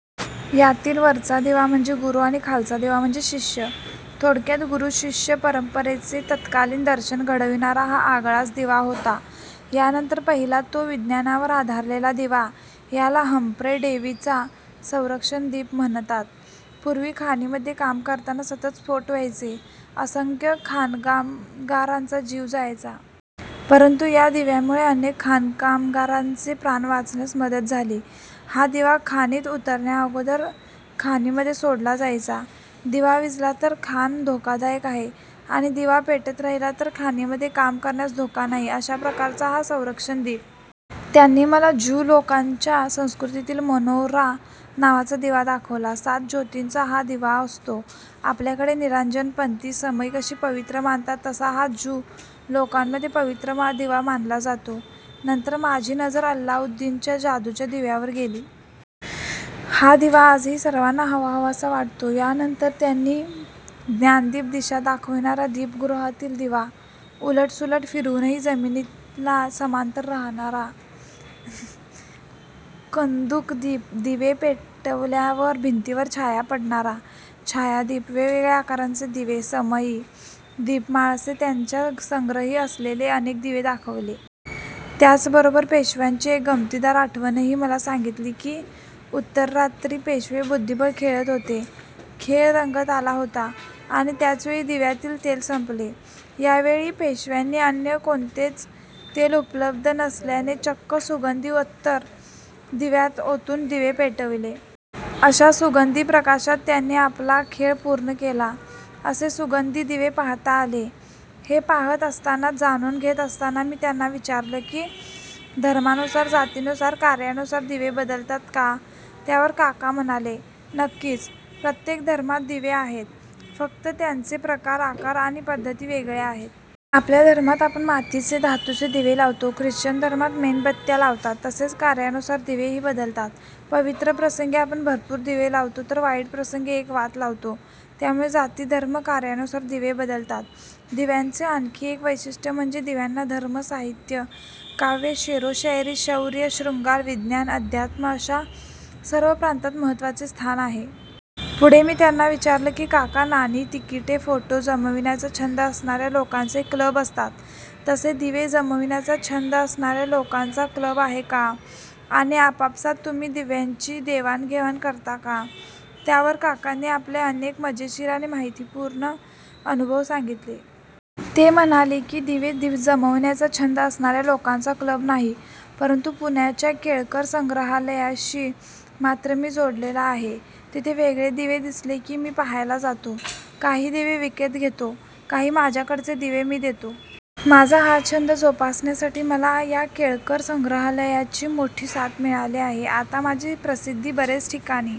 यातील वरचा दिवा म्हणजे गुरु आणि खालचा दिवा म्हणजे शिष्य. थोडक्यात गुरु-शिष्य परंपरेचे तत्कालीन दर्शन घडविणारा हा आगळाच दिवा होता. यानंतर पाहिला तो विज्ञानावर आधारलेला दिवा. याला हम्फ्रे डेव्हीचा 'संरक्षक दीप' म्हणतात. पूर्वी खाणीमध्ये काम करताना सतत स्फोट व्हायचे, असंख्य खाणकामगारांचा जीव जायचा. परंतु या दिव्यामुळे अनेक खाणकामगारांचे प्राण वाचण्यास मदत झाली. हा दिवा खाणीत उतरण्याअगोदर खाणीमध्ये सोडला जायचा. दिवा विझला तर खाण धोकादायक आहे आणि दिवा पेटत राहिला तर खाणीमध्ये काम करण्यास धोका नाही. अशा प्रकारचा हा संरक्षक दीप. त्यांनी मला ज्यू लोकांच्या संस्कृतीतील 'मेनोरा' नावाचा दिवा दाखवला. सात ज्योतींचा हा दिवा असतो. आपल्याकडे निरांजन, पणती, समई कशी पवित्र मानतात तसा हा ज्यू लोकांमध्ये पवित्र दिवा मानला जातो. नंतर माझी नजर 'अल्लाउद्दिन'च्या जादूच्या दिव्यावर गेली. हा दिवा आजही सर्वांना हवाहवासा वाटतो. यानंतर त्यांनी ज्ञानदीप, दिशा दाखविणारा दीपगृहातील दिवा, उलट-सुलट फिरवूनही जमिनीला समांतर राहणारा 'कंदुक दीप', दिवे पेटवल्यावर भिंतीवर छाया पडणारा 'छायादीप', वेगवेगळ्या आकारांचे दिवे, समई, दीपमाळ असे त्यांच्या संग्रही असलेले अनेक दिवे दाखविले. त्याचबरोबर पेशव्यांची एक गमतीदार आठवणही मला सांगितली की, उत्तररात्री पेशवे बुद्धिबळ खेळत होते, खेळ रंगत आला होता आणि त्याचवेळी दिव्यातील तेल संपले. यावेळी पेशव्यांनी अन्य कोणतेच तेल उपलब्ध नसल्याने चक्क सुगंधी अत्तर दिव्यात ओतून दिवे पेटवले. अशा सुगंधी प्रकाशात त्यांनी आपला खेळ पूर्ण केला. असे सुगंधी दिवेही पाहता आले. हे पाहत असताना, जाणून घेत असताना मी त्यांना विचारलं की, धर्मानुसार-जातीनुसार-कार्यानुसार दिवे बदलतात का? त्यावर काका म्हणाले, नक्कीच. प्रत्येक धर्मात दिवे आहेत, फक्त त्यांचे प्रकार, आकार आणि पद्धती वेगळ्या आहेत. आपल्या धर्मात आपण मातीचे, धातूचे दिवे लावतो, ख्रिश्चन धर्मात मेणबत्त्या लावतात. तसेच कार्यानुसार दिवेही बदलतात. पवित्र प्रसंगी आपण भरपूर दिवे लावतो तर वाईट प्रसंगी एक वात लावतो. त्यामुळे जाती-धर्म-कार्यानुसार दिवे बदलतात. दिव्यांचे आणखी एक वैशिष्ट्य म्हणजे दिव्यांना धर्म, साहित्य, काव्य-शेरोशायरी, शौर्य, शृंगार, विज्ञान, अध्यात्म अशा सर्व प्रांतात महत्त्वाचे स्थान आहे. पुढे मी त्यांना विचारलं की, काका नाणी, तिकिटे, फोटो जमविण्याचा छंद असणाऱ्या लोकांचे क्लब असतात तसे दिवे जमविण्याचा छंद असणाऱ्या लोकांचा क्लब आहे का? आणि आपापसात तुम्ही दिव्यांची देवाण-घेवाण करता का? त्यावर काकांनी आपले अनेक मजेशीर आणि माहितीपूर्ण अनुभव सांगितले. ते म्हणाले की, दिवे जमविण्याचा छंद असणाऱ्या लोकांचा क्लब नाही, परंतु पुण्याच्या केळकर संग्रहालयाशी मात्र मी जोडलेला आहे. तिथे वेगळे दिवे दिसले की मी पाहायला जातो, काही दिवे विकत घेतो, काही माझ्याकडचे दिवे मी देतो. माझा हा छंद जोपासण्यासाठी मला या केळकर संग्रहालयाची मोठी साथ मिळाली आहे. आता माझी प्रसिद्धी बरेच ठिकाणी...